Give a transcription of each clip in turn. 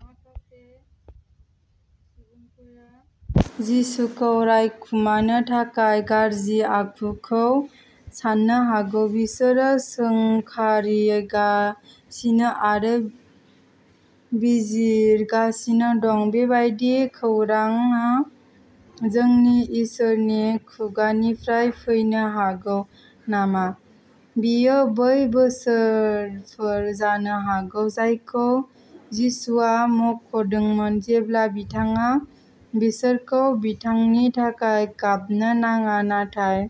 माखासे सुबुंफोरा जिसुखौ रायखुमानो थाखाय गाज्रि आखुखौ साननो हागौ। बिसोरो सोंखारिगासिनो आरो बिजिरगासिनो दं। बेबादि खौरांआ जोंनि इसोरनि खुगानिफ्राय फैनो हागौ नामा? बेयो बै बोसोरफोर जानो हागौ जायखौ जिसुआ मख’दोंमोन जेब्ला बिथाङा बिसोरखौ बिथांनि थाखाय गाबनो नाङा, नाथाय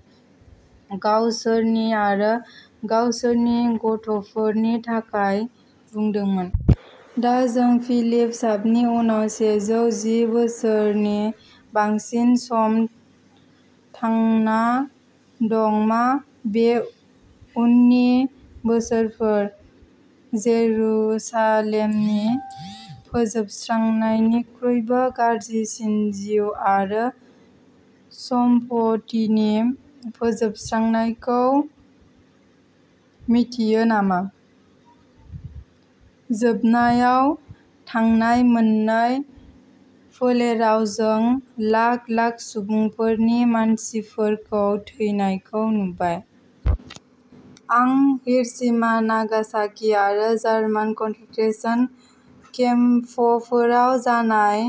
गावसोरनि आरो गावसोरनि गथ'फोरनि थाखाय बुंदोंमोन। दा जों फिलिप साफनि उनाव सेजौ जि बोसोरनि बांसिन सम थांना दं। मा बे उननि बोसोरफोर जेरुसालेमनि फोजोबस्रांनायनिख्रुइबो गाज्रिसिन जिउ आरो सम्पथिनि फोजोबस्रांनायखौ मिथियो नामा? जोबनायाव, थांनाय मोननै फोलेराव जों लाख-लाख सुबुंफोरनि मानसिफोरखौ थैनायखौ नुबाय। आं हिर'शिमा, नागासाकि आरो जार्मान कनसेनट्रेसन केम्पफोराव जानाय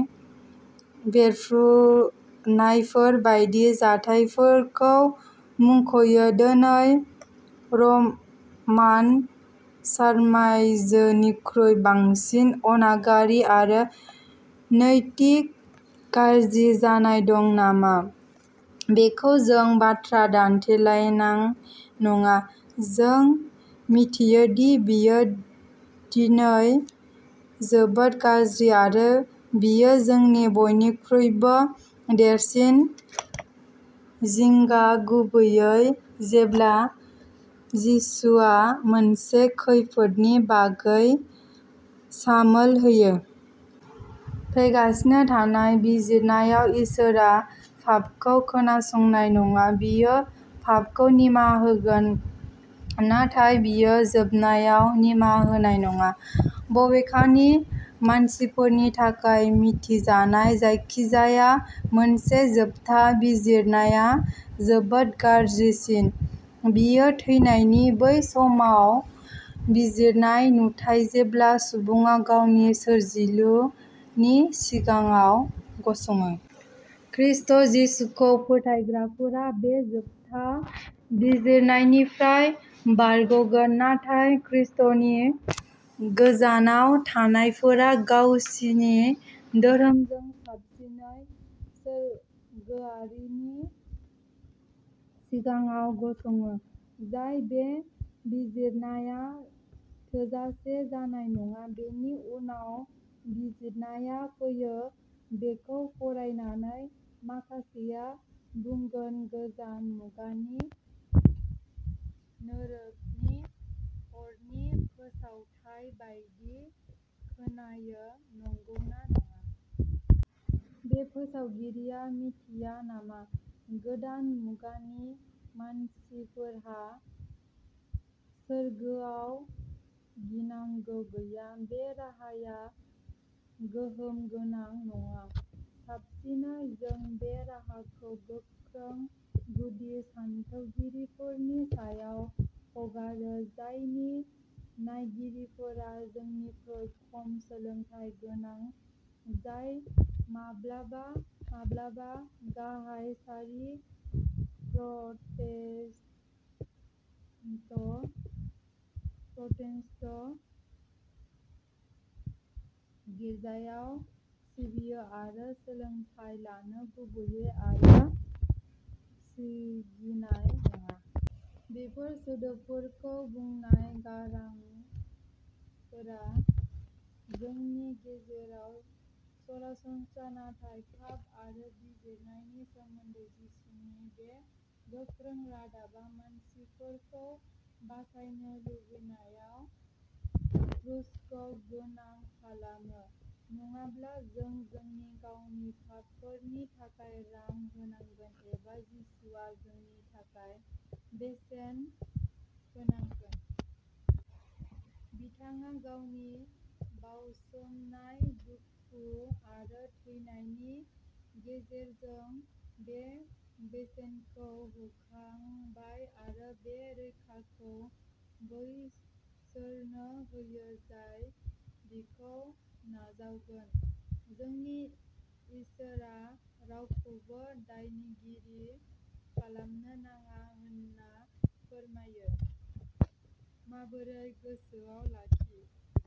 बेरफ्रुनायफोर बायदि जाथायफोरखौ मुंख'यो। दोनै रमान साम्रायजोनिख्रुइ बांसिन अनागारि आरो नैतिक गाज्रि जानाय दं नामा बेखौ जों बाथ्रा दानथेलायनाय नङा। जों मिथियो दि बेयो दिनै जोबोद गाज्रि, आरो बेयो जोंनि बयनिख्रुइबो देरसिन जिंगा, गुबैयै जेब्ला जिसुआ मोनसे खैफोदनि बागै सामोल होयो। फैगासिनो थानाय बिजिरनायाव इसोरआ फाफखौ खोनासंनाय नङा। बियो फाफखौ निमाहा होगोन, नाथाय बियो जोबनायाव निमाहा होनाय नङा। बबेखानि, मानसिफोरनि थाखाय मिथिजानाय जायखिजाया मोनसे जोबथा बिजिरनाया जोबोद गाज्रिसिन। बेयो थैनायनि बै समाव बिजिरनाय नुथाय जेब्ला सुबुङा गावनि सोरजिलुनि सिगाङाव गसङो। ख्रिस्ट’ जिसुखौ फोथायग्राफोरा बे जोबथा बिजिरनायनिफ्राय बारग'गोन। नाथाय ख्रिस्ट’नि गोजानाव थानायफोरा गावसिनि धोरोमजों साबसिनै सोरगोआरिनि सिगाङाव गसङो, जाय बे बिजिरनाया थोजासे जानाय नङा। बेनि उनाव बिजिरनाया फैयो। बेखौ फरायनानै, माखासेया बुंगोन, गोजाम मुगानि, नोरोखनि अरनि फोसावथाय बायदि खोनायो, नंगौना नङा? बे फोसावगिरिया मिथिया नामा गोदान मुगानि मानसिफोरहा सोरगोआव गिनांगौ गैया? बे राहाया गोहोम गोनां नङा। साबसिनै जों बे राहाखौ गोख्रों गुदि सानथौगिरिफोरनि सायाव हगारो, जायनि नायगिरिफोरा जोंनिख्रुइ खम सोलोंथाय गोनां, जाय माब्लाबा-माब्लाबा गाहाय सारि प्रटेन्ट प्रटेन्ट गिरजायाव सिबियो आरो सोलोंथाय लानो लुबैयो आरो सिगिनाय नङा। बेफोर सोदोबफोरखौ बुंनाय गारांफोरा जोंनि गेजेराव सरासनस्रा, नाथाय फाफ आरो बिजिरनायनि सोमोन्दै जिसुनि बे गोख्रों रादाबा मानसिफोरखौ बासायनो लुबैनायाव क्रुसखौ गोनां खालामो। नङाब्ला जों जोंनि गावनि फाफफोरनि थाखाय रां होनांगोन, एबा जिसुआ जोंनि थाखाय बेसेन होनांगोन। बिथाङा गावनि बावसोमनाय दुखु आरो थैनायनि गेजेरजों बे बेसेनखौ होखांबाय, आरो बे रैखाखौ बैसोरनो होयो जाय बिखौ नाजावगोन। जोंनि इसोरआ रावखौबो दायनिगिरि खालामनो नाङा होनना फोरमायो। माबोरै गोसोआव लाखि।